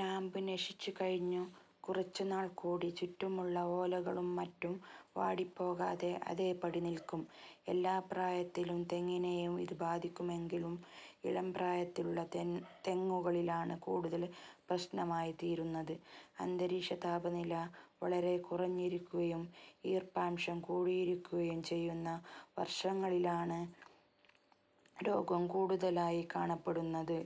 നാമ്പ് നശിച്ച് കഴിഞ്ഞു കുറച്ചുനാൾ കൂടി ചുറ്റുമുള്ള ഓലകളും മറ്റും വാടിപ്പോകാതെ അതേപടി നിൽക്കും. എല്ലാ പ്രായത്തിലുള്ള തെങ്ങിനേയും ഇത് ബാധിക്കുമെങ്കിലും ഇളംപ്രായത്തിലുള്ള തെങ്ങുകളിലാണ് കൂടുതൽ പ്രശ്നമായി തീരുന്നത്. അന്തരീക്ഷതാപനില വളരെ കുറഞ്ഞിരിയ്ക്കുകയും ഈർപ്പാംശം കൂടിയിരിക്കുകയും ചെയ്യുന്ന വർഷക്കാലങ്ങളിലാണ് രോഗം കൂടുതലായി കാണപ്പെടുന്നത്.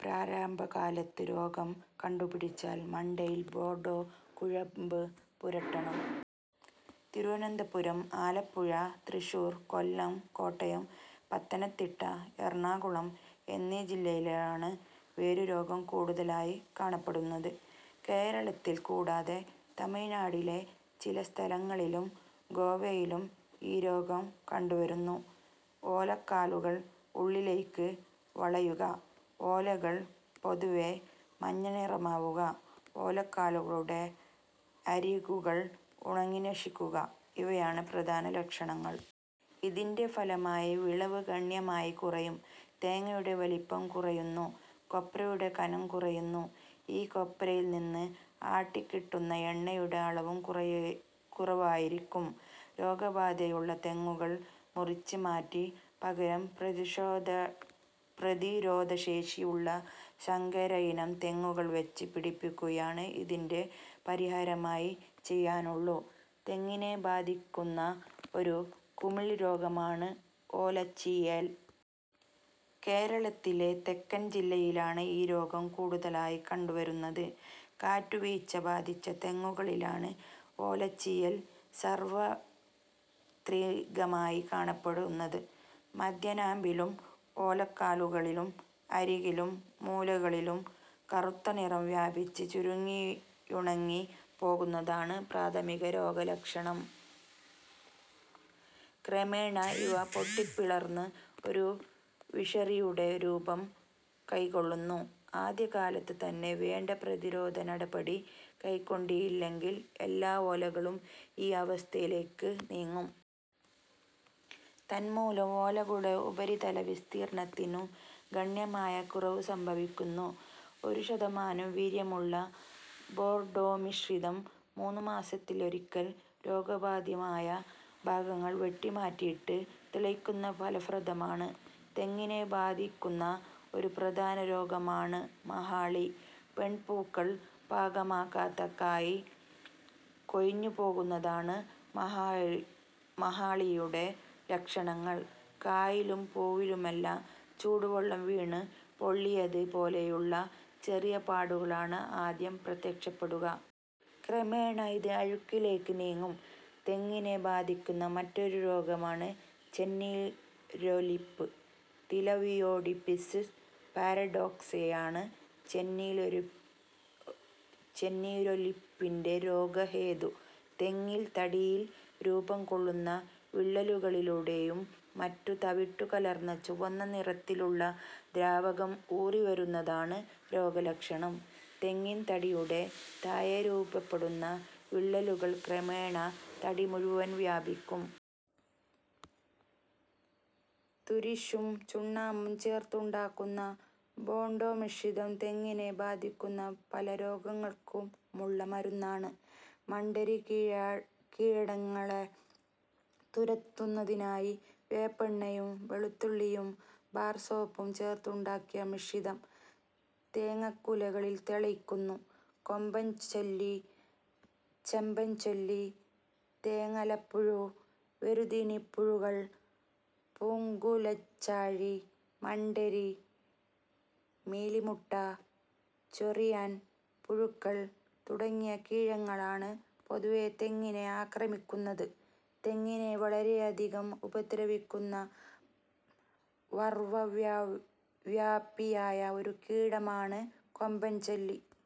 പ്രാരംഭകാലത്ത് രോഗം കണ്ടുപിടിച്ചാൽ മണ്ടയിൽ ബോർഡോ കുഴമ്പ് പുരട്ടണം. തിരുവനന്തപുരം, ആലപ്പുഴ, തൃശ്ശൂർ, കൊല്ലം, കോട്ടയം, പത്തനംതിട്ട, എറണാകുളം എന്നീ ജില്ലകളിലാണ് വേരുരോഗം കൂടുതലായി കാണപ്പെടുന്നത്. കേരളത്തിൽ കൂടാതെ തമിഴ്നാടിലെ ചില സ്ഥലങ്ങളിലും, ഗോവയിലും ഈ രോഗം കണ്ടു വരുന്നു. ഓലക്കാലുകൾ ഉള്ളിലേയ്ക്ക് വളയുക, ഓലകൾ പൊതുവെ മഞ്ഞനിറമാവുക, ഓലക്കാലുകളുടെ അരികുകൾ ഉണങ്ങിനശിക്കുക ഇവയാണ് പ്രധാന ലക്ഷണങ്ങൾ. ഇതിന്റെ ഫലമായി വിളവ് ഗണ്യമായി കുറയും. തേങ്ങയുടെ വലിപ്പം കുറയുന്നു. കൊപ്രയുടെ കനം കുറയുന്നു. ഈ കൊപ്രയിൽ നിന്ന് ആട്ടിക്കിട്ടുന്ന എണ്ണയുടെ അളവും കുറവായിരിയ്ക്കും. രോഗബാധയുള്ള തെങ്ങുകൾ മുറിച്ച് മാറ്റി പകരം പ്രതിരോധശേഷിയുള്ള സങ്കരയിനം തെങ്ങുകൽ വച്ചു പിടിപ്പിക്കുകയാണ് ഇതിന് പരിഹാരമായി ചെയ്യാനുള്ളൂ. തെങ്ങിനെ ബാധിയ്ക്കുന്ന ഒരു കുമിൾ രോഗമാണ് ഓലചീയൽ. കേരളത്തിലെ തെക്കൻ ജില്ലകളിലാണ് ഈ രോഗം കൂടുതലായി കണ്ടുവരുന്നത്. കാറ്റുവീഴ്ച ബാധിച്ച തെങ്ങുകളിലാണ് ഓലചീയൽ സാർവ്വത്രികമായി കാണപ്പെടുന്നത്. മദ്ധ്യനാമ്പിലുള്ള ഓലക്കാലുകളുടെ അരികും മൂലകളിലും കറുത്തനിറം വ്യാപിച്ച് ചുരുങ്ങിയുണങ്ങി പോകുന്നതാണ് പ്രാഥമിക രോഗലക്ഷണം. ക്രമേണ ഇവ പൊട്ടിപ്പിളർന്നു ഒരു വിശറിയുടെ രൂപം കൈക്കൊള്ളുന്നു. ആദ്യകാലത്ത് തന്നെ വേണ്ട പ്രതിരോധനടപടി കൈക്കൊണ്ടില്ലെങ്കിൽ എല്ലാ ഓലകളും ഈ അവസ്ഥയിലേയ്ക്ക് നീങ്ങും. തന്മൂലം ഓലകളുടെ ഉപരിതല വിസ്തീർണ്ണത്തിനും ഗണ്യമായ കുറവ് സംഭവിക്കുന്നു. ഒരു ശതമാനം വീര്യമുള്ള ബോർഡോമിശ്രിതം മൂന്നുമാസത്തിലൊരിയ്ക്കൽ രോഗബാധിതമായ ഭാഗങ്ങൾ വെട്ടിമാറ്റിയിട്ട് തളിയ്ക്കുന്ന ഫലപ്രദമാണ്. തെങ്ങിനെ ബാധിയ്ക്കുന്ന ഒരു പ്രധാന രോഗമാണ് മഹാളി. പെൺപൂക്കൾ, പാകമാകാത്ത കായ് കൊഴിഞ്ഞുപോകുന്നതാണ് മഹാളിയുടെ ലക്ഷണങ്ങൾ. കായിലും പൂവിലുമെല്ലാം ചൂടുവെള്ളം വീണ് പൊള്ളിയത് പോലെയുള്ള ചെറിയ പാടുകളാണ് ആദ്യം പ്രത്യക്ഷപ്പെടുക. ക്രമേണ ഇത് അഴുകലിലേയ്ക്ക് നീങ്ങും. തെങ്ങിനെ ബാധിക്കുന്ന മറ്റൊരു രോഗമാണ് ചെന്നീരൊലിപ്പ്. തിലാവിയോപ്സിസ് പാരഡോക്സ് യാണ് ചെന്നീരൊലിപ്പിന്റെ രോഗഹേതു. തെങ്ങിൻ തടിയിൽ രൂപം കൊള്ളുന്ന വിള്ളലുകളിലൂടെയും മറ്റും തവിട്ടു കലർന്ന ചുവന്ന നിറത്തിലുള്ള ദ്രാവകം ഊറിവരുന്നതാണ് രോഗലക്ഷണം. തെങ്ങിൻ തടിയുടെ താഴെ രൂപപ്പെടുന്ന വിള്ളലുകൾ ക്രമേണ തടി മുഴുവൻ വ്യാപിക്കും. തുരിശും ചുണ്ണാമ്പും ചേർത്തുണ്ടാക്കുന്ന ബോഡോ മിശ്രിതം തെങ്ങിനെ ബാധിക്കുന്ന പല രോഗങ്ങൾക്കുമുള്ള മരുന്നാണ്. മണ്ഡരി കീടങ്ങളെ തുരത്തുന്നതിനായി വേപ്പെണ്ണയും വെളുത്തുള്ളിയും ബാർ സോപ്പും ചേർത്തുണ്ടാക്കിയ മിശ്രിതം തേങ്ങാക്കുലകളിൽ തളിക്കുന്നു. കൊമ്പൻ ചെല്ലി, ചെമ്പൻ ചെല്ലി, തെങ്ങോലപ്പുഴു, വേരുതീനിപ്പുഴുക്കൾ, പൂങ്കുലച്ചാഴി, മണ്ഡരി, മീലിമൂട്ട, ചൊറിയൻ പുഴുക്കൾ തുടങ്ങിയ കീടങ്ങളാണ് പൊതുവേ തെങ്ങിനെ ആക്രമിക്കുന്നത്. തെങ്ങിനെ വളരെയധികം ഉപദ്രവിക്കുന്ന വർവ്വ വ്യാപിയായ ഒരു കീടമാണ് കൊമ്പൻ ചെല്ലി.